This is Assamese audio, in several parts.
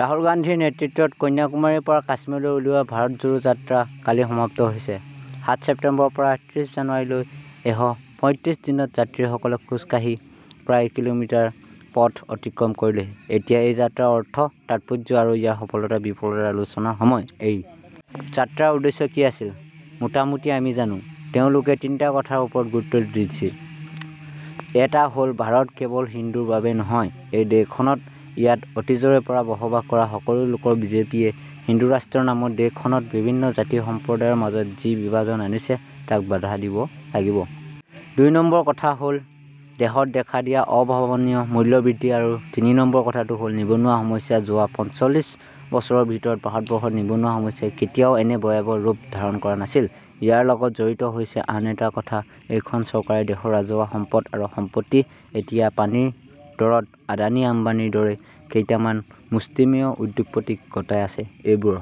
ৰাহুল গান্ধীৰ নেতৃত্বত কন্যাকুমাৰীৰ পৰা কাশ্মীৰলৈ উলিওৱা ভাৰত জোড়ো যাত্ৰা কালি সমাপ্ত হৈছে। সাত ছেপ্তেম্বৰৰ পৰা ত্ৰিছ জানুৱাৰীলৈ এশ পঁয়ত্ৰিছ দিনত যাত্ৰী সকলে খোজকাঢ়ি প্ৰায় কিলোমিটাৰ পথ অতিক্ৰম কৰিলে। এতিয়া এই যাত্ৰাৰ অৰ্থ তাৎপৰ্য আৰু ইয়াৰ সফলতা বিফলতাৰ আলোচনাৰ সময়। এই যাত্ৰাৰ উদ্দেশ্য কি আছিল ?মোটামোটি আমি জানো। তেওঁলোকে তিনিটা কথাৰ ওপৰত গুৰুত্ব দিছিলঃ এটা হ'ল ভাৰত কেৱল হিন্দুৰ বাবে নহয়, এই দেশখনত ইয়াত অতীজৰে পৰা বসবাস কৰা সকলো লোকৰ বিজেপিয়ে হিন্দুৰাষ্ট্ৰৰ নামত দেশখনত বিভিন্ন জাতি সম্প্ৰদায়ৰ মাজত যি বিভাজন আনিছে তাক বাধা দিব লাগিব। দুই নম্বৰ কথা হ'ল দেশত দেখা দিয়া অভাৱনীয় মূল্য বৃদ্ধি আৰু তিনি নম্বৰ কথাটো হ'ল নিবনুৱা সমস্যা যোৱা পঞ্চল্লিছ বছৰৰ ভিতৰত ভাৰতবৰ্ষত নিবনুৱা সমস্যাই কেতিয়াও এনে ভয়াবহ ৰূপ ধাৰণ কৰা নাছিল। ইয়াৰ লগত জড়িত হৈছে আন এটা কথা এইখন চৰকাৰে দেশৰ ৰাজহুৱা সম্পদ আৰু সম্পত্তি এতিয়া পানীৰ দৰত আদানী আম্বানীৰ দৰে কেইটামান মুষ্টিমেয় উদ্যোগপতিক গতাই আছে। এইবোৰৰ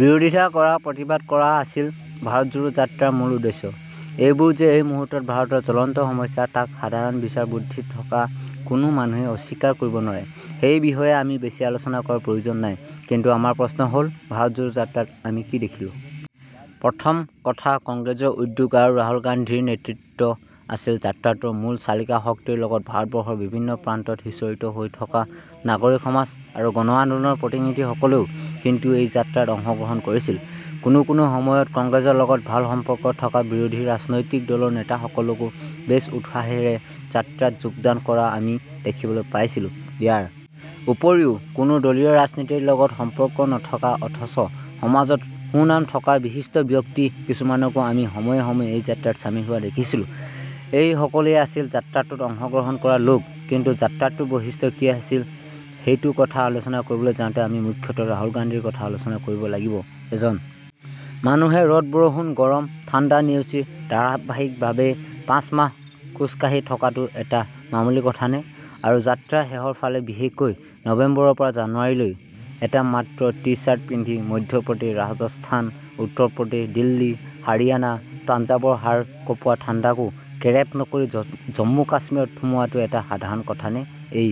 বিৰোধিতা কৰা প্ৰতিবাদ কৰা আছিল ভাৰত জোড়ো যাত্ৰাৰ মূল উদ্দেশ্য। এইবোৰ যে এই মুহূৰ্তত ভাৰতৰ জলন্ত সমস্যা তাক সাধাৰণ বিচাৰ বুদ্ধি থকা কোনো মানুহে অস্বীকাৰ কৰিব নোৱাৰে। সেই বিষয়ে আমি বেছি আলোচনা কৰাৰ প্ৰয়োজন নাই ,কিন্তু আমাৰ প্ৰশ্ন হ'ল ভাৰত জোড়ো যাত্ৰাত আমি কি দেখিলো? প্ৰথম কথা কংগ্ৰেছৰ উদ্যোগ আৰু ৰাহুল গান্ধীৰ নেতৃত্ব আছিল যাত্ৰাটোৰ মূল চালিকা শক্তিৰ লগত ভাৰতবৰ্ষৰ বিভিন্ন প্ৰান্তত সিঁচৰতি হৈ থকা নাগৰিক সমাজ আৰু গণ আন্দোলনৰ প্ৰতিনিধিসকলেও কিন্তু এই যাত্ৰাত অংশ গ্ৰহণ কৰিছিল। কোনো কোনো সময়ত কংগ্ৰেছৰ লগত ভাল সম্পৰ্ক থকা বিৰোধী ৰাজনৈতিক দলৰ নেতাসকলকো বেচ উৎসাহেৰে যাত্ৰাত যোগদান কৰা আমি দেখিবলৈ পাইছিলোঁ। ইয়াৰ উপৰিও কোনো দলীয় ৰাজনীতিৰ লগত সম্পৰ্ক নথকা অথচ সমাজত সুনাম থকা বিশিষ্ট ব্যক্তি কিছুমানকো আমি সময়ে-সময়ে এই যাত্ৰাত চামিল হোৱা দেখিছিলোঁ। এই সকলেই আছিল যাত্ৰাটোত অংশ গ্ৰহণ কৰা লোক। কিন্তু যাত্ৰাটোৰ বৈশিষ্ট্য কি আছিল সেইটো কথা আলোচনা কৰিবলৈ যাওঁতে আমি মুখ্যতঃ ৰাহুল গান্ধীৰ কথা আলোচনা কৰিব লাগিব। এজন মানুহে ৰ'দ বৰষুণ গৰম ঠাণ্ডা নেওচি ধাৰাবাহিকভাবে পাঁচ মাহ খোজকাঢ়ি থকাটো এটা মামুলি কথানে? আৰু যাত্ৰাৰ শেষৰ ফালে বিশেষকৈ নবেম্বৰৰ পৰা জানুৱাৰীলৈ এটা মাত্ৰ টিচাৰ্ট পিন্ধি মধ্যপ্ৰদেশ, ৰাজস্থান, উত্তৰ প্ৰদেশ, দিল্লী, হাৰিয়ানা, পঞ্জাৱৰ হাড় কপোৱা ঠাণ্ডাকো কেৰেপ নকৰি জন্মু-কাশ্মীৰত সোমোৱাটো এটা সাধাৰণ কথানে ?এই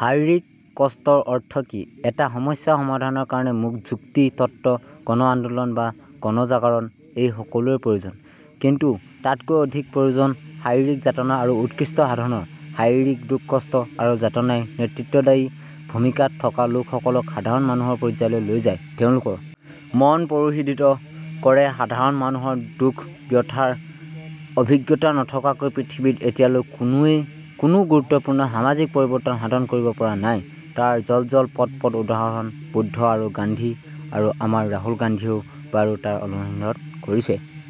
শাৰীৰিক কষ্টৰ অৰ্থ কি? এটা সমস্যা সমাধানৰ কাৰণে যুক্তি তত্ত্ব গণ আন্দোলন বা গণ জাগৰণ এই সকলোৰে প্ৰয়োজন। কিন্তু তাতকৈ অধিক প্ৰয়োজন শাৰীৰিক যাতনা আৰু উৎকৃষ্ট সাধনৰ। শাৰীৰিক দুখ-কষ্ট আৰু যাতনাই নেতৃত্বদায়ী ভূমিকাত থকা লোকসকলক সাধাৰণ মানুহৰ পৰ্যায়লৈ লৈ যায়। তেওঁলোকৰ মন পৰিশোধিত কৰে সাধাৰণ মানুহৰ দুখ-ব্যথাৰ অভিজ্ঞতা নথকাকৈ পৃথিৱীত এতিয়ালৈ কোনেও কোনো গুৰুত্বপূৰ্ণ সামাজিক পৰিবৰ্তন সাধন কৰিব পৰা নাই। তাৰ জল-জল পট-পট উদাহৰণ বুদ্ধ আৰু গান্ধী আৰু আমাৰ ৰাহুল গান্ধীয়েও বাৰু তাৰ অনুশীলন কৰিছে।